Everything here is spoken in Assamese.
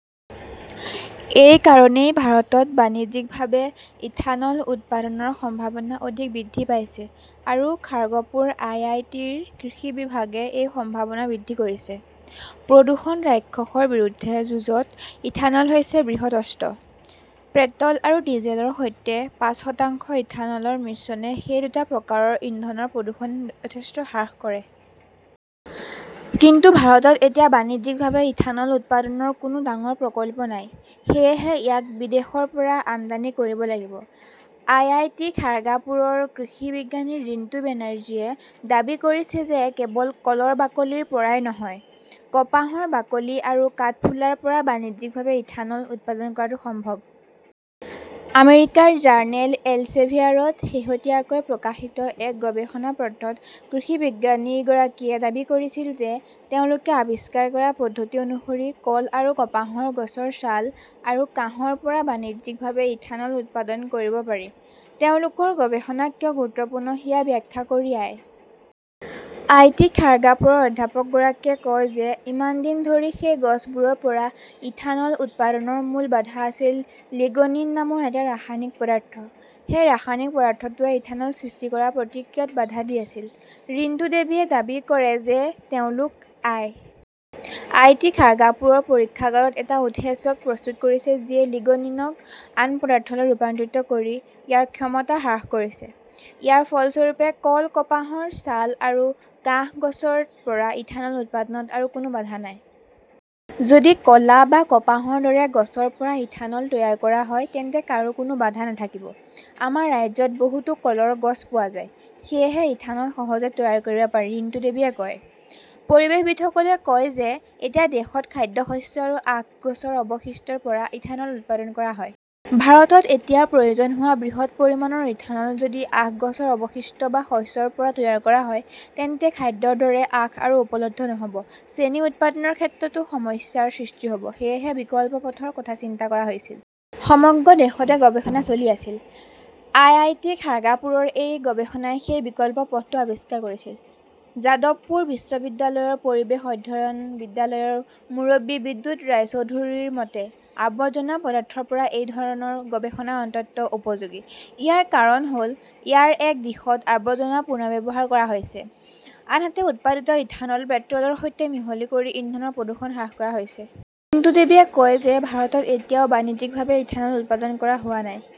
এই কাৰণেই ভাৰতত বাণিজ্যিকভাৱে ইথানল উৎপাদনৰ সম্ভাৱনা অধিক বৃদ্ধি পাইছে। আৰু খাৰ্গপুৰ আই. আই. টি. -ৰ কৃষি বিভাগে এই সম্ভাৱনা বৃদ্ধি কৰিছে। প্ৰদূষণ-ৰাক্ষসৰ বিৰুদ্ধে যুঁজত ইথানল হৈছে বৃহৎ অস্ত্ৰ। পেট্ৰ "ল আৰু ডিজেলৰ সৈতে পাঁচ শতাংশ ইথানলৰ মিশ্ৰণে সেই দুটা প্ৰকাৰৰ ইন্ধনৰ প্ৰদূষণ যথেষ্ট হ্ৰাস কৰে। কিন্তু ভাৰতত এতিয়া বাণিজ্যিকভাৱে ইথানল উৎপাদনৰ কোনো ডাঙৰ প্ৰকল্প নাই। সেয়েহে ইয়াক বিদেশৰ পৰা আমদানি কৰিব লাগিব। আই. আই. টি. খাৰ্গাপুৰৰ কৃষি বিজ্ঞানী ৰিণ্টু বেনাৰ্জীয়ে দাবী কৰিছে যে কেৱল কলৰ বাকলিৰ পৰাই নহয়, কপাহৰ বাকলি আৰু কাঠফুলাৰ পৰা বাণিজ্যিকভাৱে ইথানল উৎপাদন কৰাটো সম্ভৱ। আমেৰিকাৰ জাৰ্নেল এলচেভিয়াৰত শেহতীয়াকৈ প্ৰকাশিত এক গৱেষণাপত্ৰত কৃষি বিজ্ঞানীগৰাকীয়ে দাবী কৰিছিল যে তেওঁলোকে আৱিষ্কাৰ কৰা পদ্ধতি অনুসৰি কল আৰু কপাহৰ গছৰ ছাল আৰু কাহৰ পৰা বাণিজ্যিকভাৱে ইথানল উৎপাদন কৰিব পাৰি। তেওঁলোকৰ গৱেষণা কিয় গুৰুত্বপূৰ্ণ সেয়া ব্যাখ্যা কৰি আই. আই. টি. খাৰ্গাপুৰৰ অধ্যাপকগৰাকীয়ে কয় যে ইমান দিন ধৰি সেই গছবোৰৰ পৰা ইথানল উৎপাদনৰ মূল বাধা আছিল লিগনিন নামৰ এটা ৰাসায়নিক পদাৰ্থ। সেই ৰাসায়নিক পদাৰ্থটোৱে ইথানল সৃষ্টি কৰা প্ৰতিক্ৰিয়াত বাধা দি আছিল। ৰিণ্টুদেৱীয়ে দাবী কৰে যে তেওঁলোকে আই. আই. টি. খাৰ্গাপুৰৰ পৰীক্ষাগাৰত এটা উৎসেচক প্ৰস্তুত কৰিছে যিয়ে লিগনিনক আন পদাৰ্থলৈ ৰূপান্তৰিত কৰি ইয়াৰ ক্ষমতা হ্ৰাস কৰিছে। ইয়াৰ ফলস্বৰূপে কল, কপাহৰ ছাল আৰু কাহ গছৰ পৰা ইথানল উৎপাদনত আৰু কোনো বাধা নাই। "যদি কলা বা কপাহৰ দৰে গছৰ পৰা ইথানল তৈয়াৰ কৰা হয় তেন্তে কাৰো কোনো বাধা নাথাকিব। আমাৰ ৰাজ্যত বহুতো কলৰ গছ পোৱা যায়। সেয়েহে ইথানল সহজে তৈয়াৰ কৰিব পাৰি ", ৰিন্তুদেৱীয়ে কয়। পৰিৱেশবিদসকলে কয় যে এতিয়া দেশত খাদ্যশস্য আৰু আখ গছৰ অৱশিষ্টৰ পৰা ইথানল উৎপাদন কৰা হয়। ভাৰতত এতিয়া প্ৰয়োজন হোৱা বৃহৎ পৰিমাণৰ ইথানল যদি আখ গছৰ অৱশিষ্ট বা শস্যৰ পৰা তৈয়াৰ কৰা হয়, তেন্তে খাদ্যৰ দৰে আখ আৰু উপলব্ধ নহ 'ব। চেনি উৎপাদনৰ ক্ষেত্ৰতো সমস্যাৰ সৃষ্টি হ "ব। সেয়েহে বিকল্প পথৰ কথা চিন্তা কৰা হৈছিল। সমগ্ৰ দেশতে গৱেষণা চলি আছিল। আইআইটি খাৰ্গাপুৰৰ এই গৱেষণাই সেই বিকল্প পথটো আৱিষ্কাৰ কৰিছিল। যাদৱপুৰ বিশ্ববিদ্যালয়ৰ পৰিৱেশ অধ্যয়ন বিদ্যালয়ৰ মুৰব্বী বিদ্যুৎ ৰায়চৌধুৰীৰ মতে, আৱৰ্জনা পদাৰ্থৰ পৰা এই ধৰণৰ গৱেষণা অত্যন্ত উপযোগী। ইয়াৰ কাৰণ হ "ল, ইয়াৰ এক দিশত আৱৰ্জনা পুনৰ্ব্যৱহাৰ কৰা হৈছে, আনহাতে উৎপাদিত ইথানল পেট্ৰ" লৰ সৈতে মিহলি কৰি ইন্ধনৰ প্ৰদূষণ হ্ৰাস কৰা হৈছে। ৰিণ্টুদেৱীয়ে কয় যে ভাৰতত এতিয়াও বাণিজ্যিকভাৱে ইথানল উৎপাদন কৰা হোৱা নাই।